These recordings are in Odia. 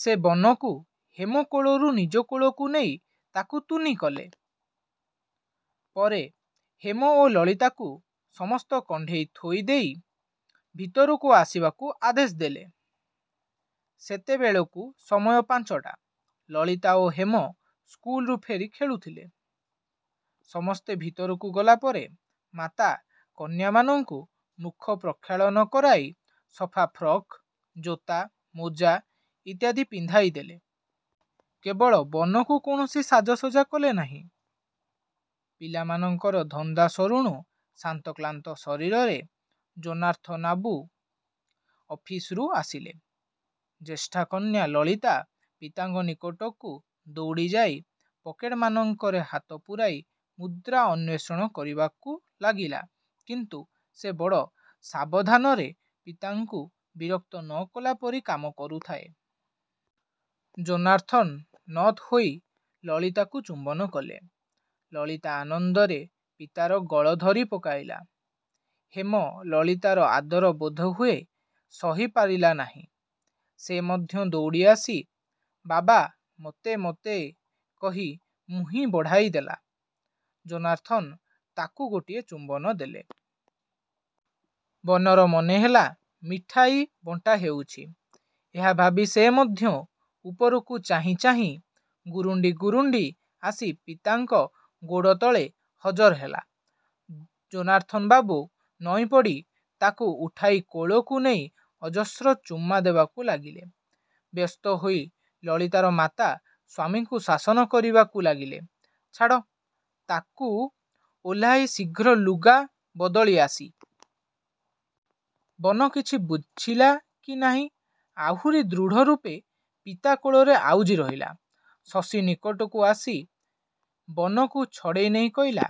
ସେ ବନକୁ ହେମ କୋଳରୁ ନିଜ କୋଳକୁ ନେଇ ତାକୁ ତୁନି କଲେ। ପରେ ହେମ ଓ ଲଳିତାକୁ ସମସ୍ତ କଣ୍ଢେଇ ଥୋଇ ଦେଇ ଭିତରକୁ ଆସିବାକୁ ଆଦେଶ ଦେଲେ। ସେତେବେଳକୁ ସମୟ ପାଞ୍ଚଟା। ଲଲିତା ଓ ହେମ ସ୍କୁଲରୁଫେରି ଖେଳୁଥିଲେ। ସମସ୍ତେ ଭିତରକୁ ଗଲାପରେ ମାତା କନ୍ୟାମାନଙ୍କୁ ମୁଖ ପ୍ରକ୍ଷାଳନ କରାଇ ସଫା ଫ୍ରକ୍ ଜୋତା, ମୋଜା ଇତ୍ୟାଦି ପିନ୍ଧାଇ ଦେଲେ। କେବଳ ବନକୁ କୌଣସି ସାଜସଜ୍ଜା କଲେ ନାହିଁ। ପିଲାମାନଙ୍କର ଧନ୍ଦା ସରୁଣୁ ଶ୍ରାନ୍ତକ୍ଳାନ୍ତ ଶରୀରରେ ଯୋନାଥନ୍ବାବୁ ଅଫିସରୁ ଆସିଲେ। ଜ୍ୟେଷ୍ଠାକନ୍ୟା ଲଳିତା ପିତାଙ୍କ ନିକଟକୁ ଦୌଡ଼ି ଯାଇ ପକେଟ୍ − ମାନଙ୍କରେ ହାତ ପୂରାଇ ମୁଦ୍ରା ଅନ୍ୱେଷଣ କରିବାକୁ ଲାଗିଲା। କିନ୍ତୁ ସେ ବଡ଼ ସାବଧାନରେ ପିତାଙ୍କୁ ବିରକ୍ତ ନକଲାପରି କାମ କରୁଥାଏ। ଯୋନାଥନ୍ ନତ ହୋଇ ଲଳିତାକୁ ଚୁମ୍ୱନ କଲେ। ଲଲିତା ଆନନ୍ଦରେ ପିତାର ଗଳ ଧରି ପକାଇଲା। ହେମ ଲଳିତାର ଆଦର ବୋଧ ହୁଏ ସହିପାରିଲା ନାହିଁ। ସେ ମଧ୍ୟ ଦୌଡ଼ି ଆସି "ବାବା ମୋତେ ମୋତେ" କହି ମୁହିଁ ବଢ଼ାଇ ଦେଲା। ଯୋନାଥନ୍ ତାକୁ ଗୋଟିଏ ଚୁମ୍ୱନ ଦେଲେ। ବନର ମନେ ହେଲା ମିଠାଇ ବଣ୍ଟା ହେଉଛି। ଏହା ଭାବି ସେ ମଧ୍ୟ ଉପରକୁ ଚାହିଁ ଚାହିଁ ଗୁରୁଣ୍ଡି ଗୁରୁଣ୍ଡି ଆସି ପିତାଙ୍କ ଗୋଡ଼ତଳେ ହଜର ହେଲା। ଯୋନାଥନ୍ ବାବୁ ନଇଁପଡ଼ି ତାକୁ ଉଠାଇ କୋଳକୁ ନେଇ ଅଜସ୍ର ଚୂମା ଦେବାକୁ ଲାଗିଲେ। ବ୍ୟସ୍ତ ହୋଇ ଲଲିତାର ମାତା ସ୍ୱାମୀଙ୍କୁ ଶାସନ କରିବାକୁ ଲାଗିଲେ "ଛାଡ଼, ତାକୁ ଓହ୍ଲାଇ ଶୀଘ୍ର ଲୁଗା ବଦଳିଆସି। " ବନ କିଛି ବୁଝିଲା କି ନାହିଁ ଆହୁରୀ ଦୃଢ଼ରୂପେ ପିତା କୋଳରେ ଆଉଜି ରହିଲା। ଶଶୀ ନିକଟକୁ ଆସି ବନକୁ ଛଡ଼େଇ ନେଇ କହିଲା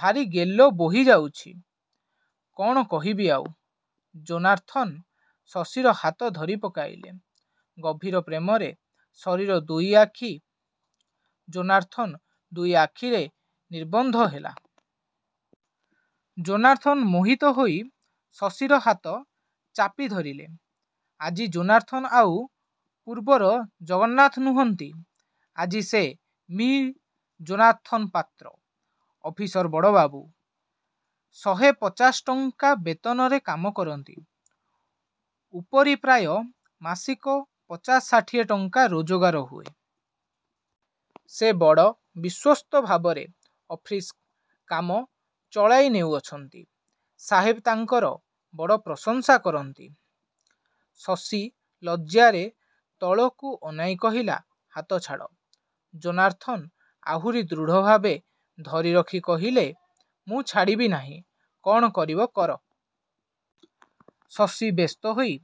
"ଭାରି ଗେଲ ବୋହି ଯାଉଚି। କଣ କହିବି ଆଉ। " ଯୋନାଥନ୍ ଶଶୀର ହାତ ଧରି ପକାଇଲେ। ଗଭୀର ପ୍ରେମରେ ଶଶୀର ଦୁଇଆଖି ଯୋନାଥନ୍ର ଦୁଇ ଆଖିରେ ନିବଦ୍ଧ ହେଲା। ଯୋନାଥନ୍ ମୋହିତ ହୋଇ ଶଶୀର ହାତ ଚାପି ଧରିଲେ। ଆଜି ଯୋନାଥନ୍ ଆଉ ପୂର୍ବର ଜଗନ୍ନାଥ ନୁହଁନ୍ତି। ଆଜି ସେ ମିଃ ଯୋନାଥନ୍ ପାତ୍ର। ଅଫିସର ବଡ ବାବୁ। ଶହେ ପଚାଶ ଟଙ୍କା ବେତନରେ କାମ କରନ୍ତି। ଉପରି ପ୍ରାୟ ମାସିକ ପଚାଶ ଷାଠିଏ ଟଙ୍କା ରୋଜଗାର ହୁଏ। ସେ ବଡ଼, ବିଶ୍ୱସ୍ତ ଭାବରେ ଅଫିସ୍ର କାମ ଚଳାଇ ନେଉଅଛନ୍ତି। ସାହେବ ତାଙ୍କର ବଡ଼ ପ୍ରଶଂସା କରନ୍ତି। ଶଶୀ ଲଜ୍ଜାରେ ତଳକୁ ଅନାଇଁ କହିଲା "ହାତ ଛାଡ଼। " ଯୋନାଥନ ଆହୁରି ଦୃଢ଼ଭାବେ ଧରି ରଖି କହିଲେ "ମୁଁ ଛାଡ଼ିବି ନାହିଁ। କଣ କରିବ କର। " ଶଶୀ ବ୍ୟସ୍ତ ହୋଇ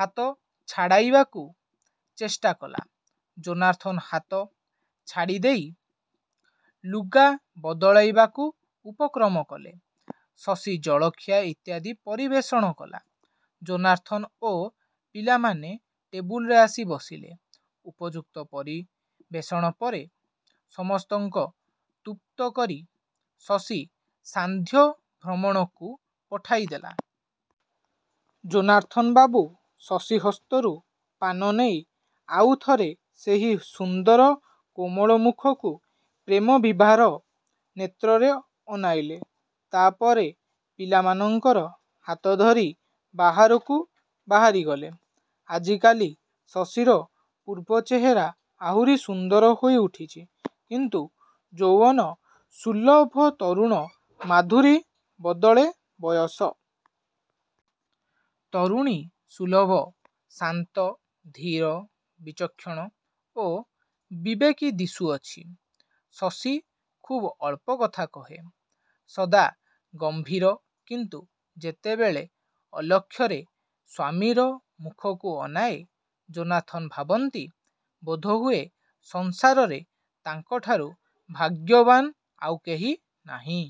ହାତ ଛାଡ଼ାଇବାକୁ ଚେଷ୍ଚା କଲା। ଯୋନାଥନ୍ ହାତ। ଛାଡିଦେଇ। ଲୁଗା ବଦଳାଇବାକୁ ଉପକ୍ରମ କଲେ। ଶଶୀ ଜଳଖିଆ ଇତ୍ୟାଦି ପରିବେଷଣକଲା। ଯୋନାଥନ୍ ଓ ପିଲାମାନେ ଟେବୁଲରେ ଆସି ବସିଲେ। ଉପଯୁକ୍ତ ପରିବେଷଣ ପରେ ସମସ୍ତଙ୍କ ତୃପ୍ତ କରି ଶଶୀ ସାନ୍ଧ୍ୟ ଭ୍ରମଣକୁ ପଠାଇଦେଲା। ଯୋନାଥନ୍ ବାବୁ ଶଶୀ ହସ୍ତରୁ ପାନ ନେଇ ଆଉ ଥରେ ସେହି ସୁନ୍ଦର କୋମଳ ମୁଖକୁ ପ୍ରେମବିଭାର ନେତ୍ରରେ ଅନାଇଲେ। ତାପରେ ପିଲାମାନଙ୍କର ହାତଧରି ବାହାରକୁ ବାହିରିଗଲେ। ଆଜିକାଲି ଶଶୀର ପୂର୍ବ ଚେହେରା ଆହୁରୀ ସୁନ୍ଦର ହୋଇ ଉଠିଛି। କିନ୍ତୁ ଯୌବନ ସୁଲଭ ତରୁଣ ମାଧୁରୀ ବଦଳେ ବୟସ୍କ। ତରୁଣୀ ସୁଲଭ ଶାନ୍ତ, ଧୀର, ବିଚକ୍ଷଣ ଓ ବିବେକୀ ଦିଶୁଅଛି। ଶଶୀ ଖୁବ୍ ଅଳ୍ପ କଥା କହେ। ସଦା ଗମ୍ଭୀର କିନ୍ତୁ ଯେତେବେଳେ ଅଲକ୍ଷରେ ସ୍ୱାମୀର ମୁଖକୁ ଅନାଏ, ଯୋନାଥନ୍ ଭାବନ୍ତି ବୋଧହୁଏ ସଂସାରରେ ତାଙ୍କଠାରୁ ଭାଗ୍ୟବାନ ଆଉ କେହି ନାହିଁ।